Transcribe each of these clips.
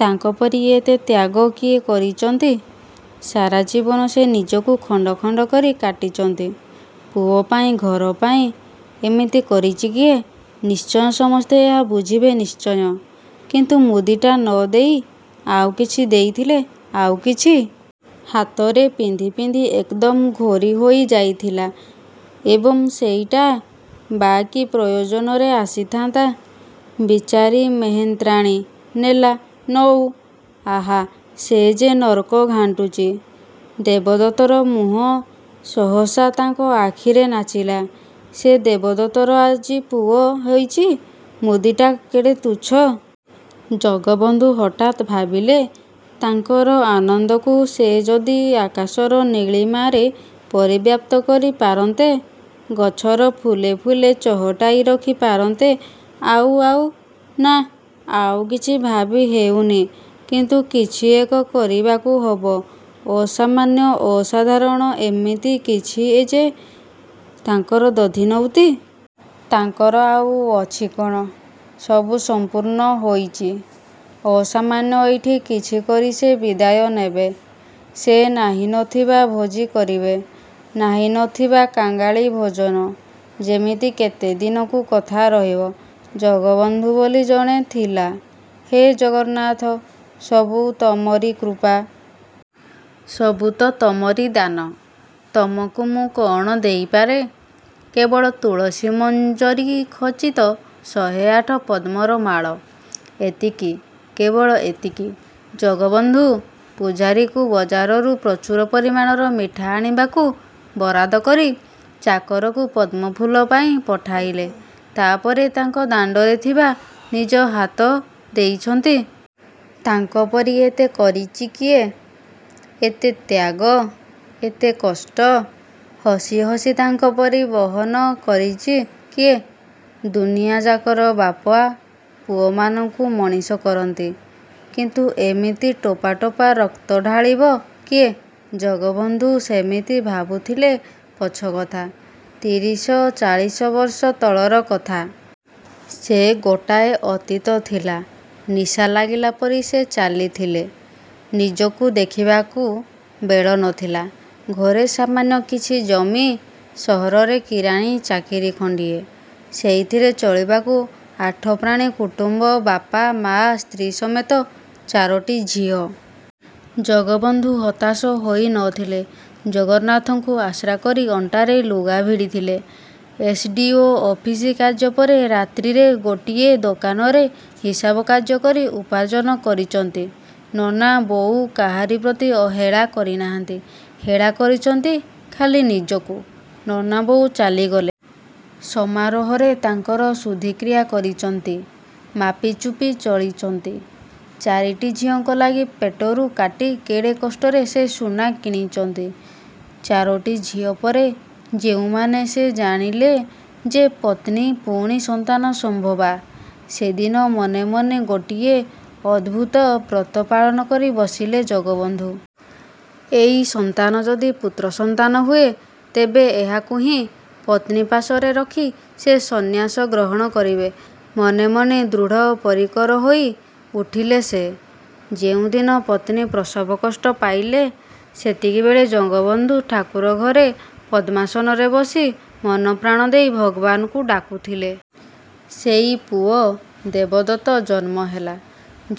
ତାଙ୍କପରି ଏତେ ତ୍ୟାଗ କିଏ କରିଚନ୍ତି? ସାରା ଜୀବନ ସେ ନିଜକୁ ଖଣ୍ଡ ଖଣ୍ଡ କରି କାଟିଚନ୍ତି, ପୁଅ ପାଇଁ, ଘର ପାଇଁ। ଏମିତି କରିଚି କିଏ? ନିଶ୍ଚୟ ସମସ୍ତେ ଏହା ବୁଝିବେ ନିଶ୍ଚୟ। କିନ୍ତୁ ମୁଦିଟା ନ ଦେଇ ଆଉ କିଛି ଦେଇଥିଲେ? ଆଉ କିଛି? ହାତରେ ପିନ୍ଧି ପିନ୍ଧି ଏକଦମ୍ ଘୋରି ହୋଇ ଯାଇଥିଲା, ଏବଂ ସେଇଟା ବା କି ପ୍ରୟୋଜନରେ ଆସିଥାନ୍ତା? ବିଚାରି ମେହେନ୍ତ୍ରାଣୀ ନେଲା, ନଉ ଆହା ସେ ଯେ ନର୍କ ଘାଣ୍ଟୁଚି। ଦେବଦତ୍ତର ମୁହଁ ସହସା ତାଙ୍କ ଆଖିରେ ନାଚିଲା, ସେଇ ଦେବଦତ୍ତର ଆଜି ପୁଅ ହୋଇଚି ମୁଦିଟା କେଡ଼େ ତୁଚ୍ଛ! ଜଗବନ୍ଧୁ ହଠାତ୍ ଭାବିଲେ ତାଙ୍କର ଆନନ୍ଦକୁ ସେ ଯଦି ଆକାଶର ନୀଳିମାରେ ପରିବ୍ୟାପ୍ତ କରି ପାରନ୍ତେ, ଗଛର ଫୁଲେ ଫୁଲେ ଚହଟାଇ ରଖି ପାରନ୍ତେ ଆଉ ଆଉ ନାଃ ଆଉ କିଛି ଭାବି ହେଉନି କିନ୍ତୁ କିଛି ଏକ କରିବାକୁ ହବ ଅସାମାନ୍ୟ ଅସାଧାରଣ ଏମିତି କିଛି ଏ ଯେ ତାଙ୍କର ଦଧିନଉତି। ତାଙ୍କର ଆଉ ଅଛି କଣ? ସବୁ ସମ୍ପୂର୍ଣ୍ଣ ହୋଇଚି। ଅସାମାନ୍ୟ ଏଇଠି କିଛି କରି ସେ ବିଦାୟ ନେବେ। ସେ ନାହିଁ ନଥିବା ଭୋଜି କରିବେ। ନାହିଁ ନଥିବା କାଙ୍ଗାଳି ଭୋଜନ! ଯେମିତି କେତେ ଦିନକୁ କଥା ରହିବ"ଜଗବନ୍ଧୁ ବୋଲି ଜଣେ ଥିଲା" ହେ ଜଗନ୍ନାଥ, ସବୁ ତମରି କୃପା। ସବୁ ତ ତମରି ଦାନ! ତମକୁ ମୁଁ କଣ ଦେଇପାରେ? କେବଳ ତୁଳସୀ ମଞ୍ଜରୀ ଖଚିତ ଶହେ ଆଠ ପଦ୍ମର ମାଳ! ଏତିକି, କେବଳ ଏତିକି। ଜଗବନ୍ଧୁ ପୁଝାରୀକୁ ବଜାରରୁ ପ୍ରଚୁର ପରିମାଣର ମିଠା ଆଣିବାକୁ ବରାଦ କରି, ଚାକରକୁ ପଦ୍ମଫୁଲ ପାଇଁ ପଠାଇଲେ। ତାପରେ ତାଙ୍କ ଦାଣ୍ଡରେ ଥିବା ନିଜ ହାତ ଦେଇଚନ୍ତି। ତାଙ୍କ ପରି ଏତେ କରିଚି କିଏ? ଏତେ ତ୍ୟାଗ, ଏତେ କଷ୍ଟ, ହସି ହସି ତାଙ୍କ ପରି ବହନ କରିଚି କିଏ? ଦୁନିଆଯାକର ବାପା ପୁଅମାନଙ୍କୁ ମଣିଷ କରନ୍ତି। କିନ୍ତୁ ଏମିତି ଟୋପା ଟୋପା ରକ୍ତ ଢାଳିବ କିଏ? ଜଗବନ୍ଧୁ ସେମିତି ଭାବୁଥିଲେ ପଛ କଥା, ତିରିଶ, ଚାଳିଶ ବର୍ଷ ତଳର କଥା। ସେ ଗୋଟାଏ ଅତୀତ ଥିଲା ନିଶା ଲାଗିଲା ପରି ସେ ଚାଲିଥିଲେ। ନିଜକୁ ଦେଖିବାକୁ ବେଳ ନ ଥିଲା। ଘରେ ସାମାନ୍ୟ କିଛି ଜମି, ସହରରେ କିରାଣୀ ଚାକିରୀ ଖଣ୍ଡିଏ। ସେଇଥିରେ ଚଳିବାକୁ ଆଠ ପ୍ରାଣୀ କୁଟୁମ୍ବ ବାପା, ମା, ସ୍ତ୍ରୀ ସମେତ ଚାରୋଟି ଝିଅ। ଜଗବନ୍ଧୁ ହତାଶ ହୋଇ ନ ଥିଲେ, ଜଗନ୍ନାଥଙ୍କୁ ଆଶ୍ରା କରି ଅଣ୍ଟାରେ ଲୁଗା ଭିଡ଼ିଥିଲେ। ଏସଡ଼ିଓ ଅଫିସ କାର୍ଯ୍ୟପରେ ରାତ୍ରିରେ ଗୋଟିଏ ଦୋକାନରେ ହିସାବ କାର୍ଯ୍ୟ କରି ଉପାର୍ଜନ କରିଚନ୍ତି। ନନା ବୋଉ କାହାରି ପ୍ରତି ହେଳା କରିନାହାନ୍ତି, ହେଳା କରିଚନ୍ତି ଖାଲି ନିଜକୁ। ନନା ବୋଉ ଚାଲିଗଲେ। ସମାରୋହରେ ତାଙ୍କର ଶୁଦ୍ଧି କ୍ରିୟା କରିଚନ୍ତି। ମାପି ଚୁପି ଚଳିଚନ୍ତି। ଚାରିଟି ଝିଅଙ୍କ ଲାଗି, ପେଟରୁ କାଟି କେଡ଼େ କଷ୍ଟରେ ସେ ସୁନା କିଣିଚନ୍ତି। ଚାରୋଟି ଝିଅ ପରେ, ଯେଉଁମାନେ ସେ ଜାଣିଲେ ଯେ ପତ୍ନୀ ପୁଣି ସନ୍ତାନ ସମ୍ଭବା, ସେଦିନ ମନେ ମନେ ଗୋଟିଏ ଅଦ୍ଭୁତ ବ୍ରତ ପାଳନ କରି ବସିଲେ ଜଗବନ୍ଧୁ। ଏଇ ସନ୍ତାନ ଯଦି ପୁତ୍ରସନ୍ତାନ ହୁଏ, ତେବେ ଏହାକୁ ହିଁ ପତ୍ନୀ ପାଶରେ ରଖି ସେ ସନ୍ନ୍ୟାସ ଗ୍ରହଣ କରିବେ। ମନେ ମନେ ଦୃଢ଼ପରିକର ହୋଇ ଉଠିଲେ ସେ। ଯେଉଁ ଦିନ ପତ୍ନୀ ପ୍ରସବ କଷ୍ଟ ପାଇଲେ ସେତିକିବେଳେ ଜଗବନ୍ଧୁ ଠାକୁର ଘରେ ପଦ୍ମାସନରେ ବସି ମନପ୍ରାଣ ଦେଇ ଭଗବାନଙ୍କୁ ଡାକୁଥିଲେ। ସେଇ ପୁଅ ଦେବଦତ୍ତ ଜନ୍ମ ହେଲା।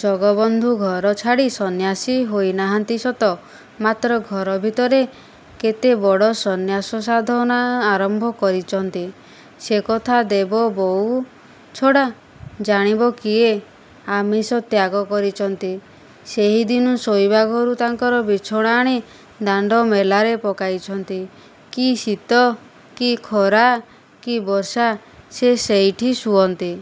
ଜଗବନ୍ଧୁ ଘର ଛାଡ଼ି ସନ୍ନ୍ୟାସୀ ହୋଇନାହାନ୍ତି ସତ, ମାତ୍ର ଘର ଭିତରେ କେତେ ବଡ଼ ସନ୍ନ୍ୟାସ-ସାଧନା ଆରମ୍ଭ କରିଚନ୍ତି, ସେ କଥା ଦେବବୋଉ ଛଡ଼ା ଜାଣିବ କିଏ? ଆମିଷ ତ୍ୟାଗ କରିଚନ୍ତି ସେହିଦିନୁ ଶୋଇବା ଘରୁ ତାଙ୍କର ବିଛଣା ଆଣି ଦାଣ୍ଡ ମେଲାରେ ପକାଇଚନ୍ତି! କି ଶୀତ, କି ଖରା, କି ବର୍ଷା ସେ ସେଇଠି ଶୁଅନ୍ତି।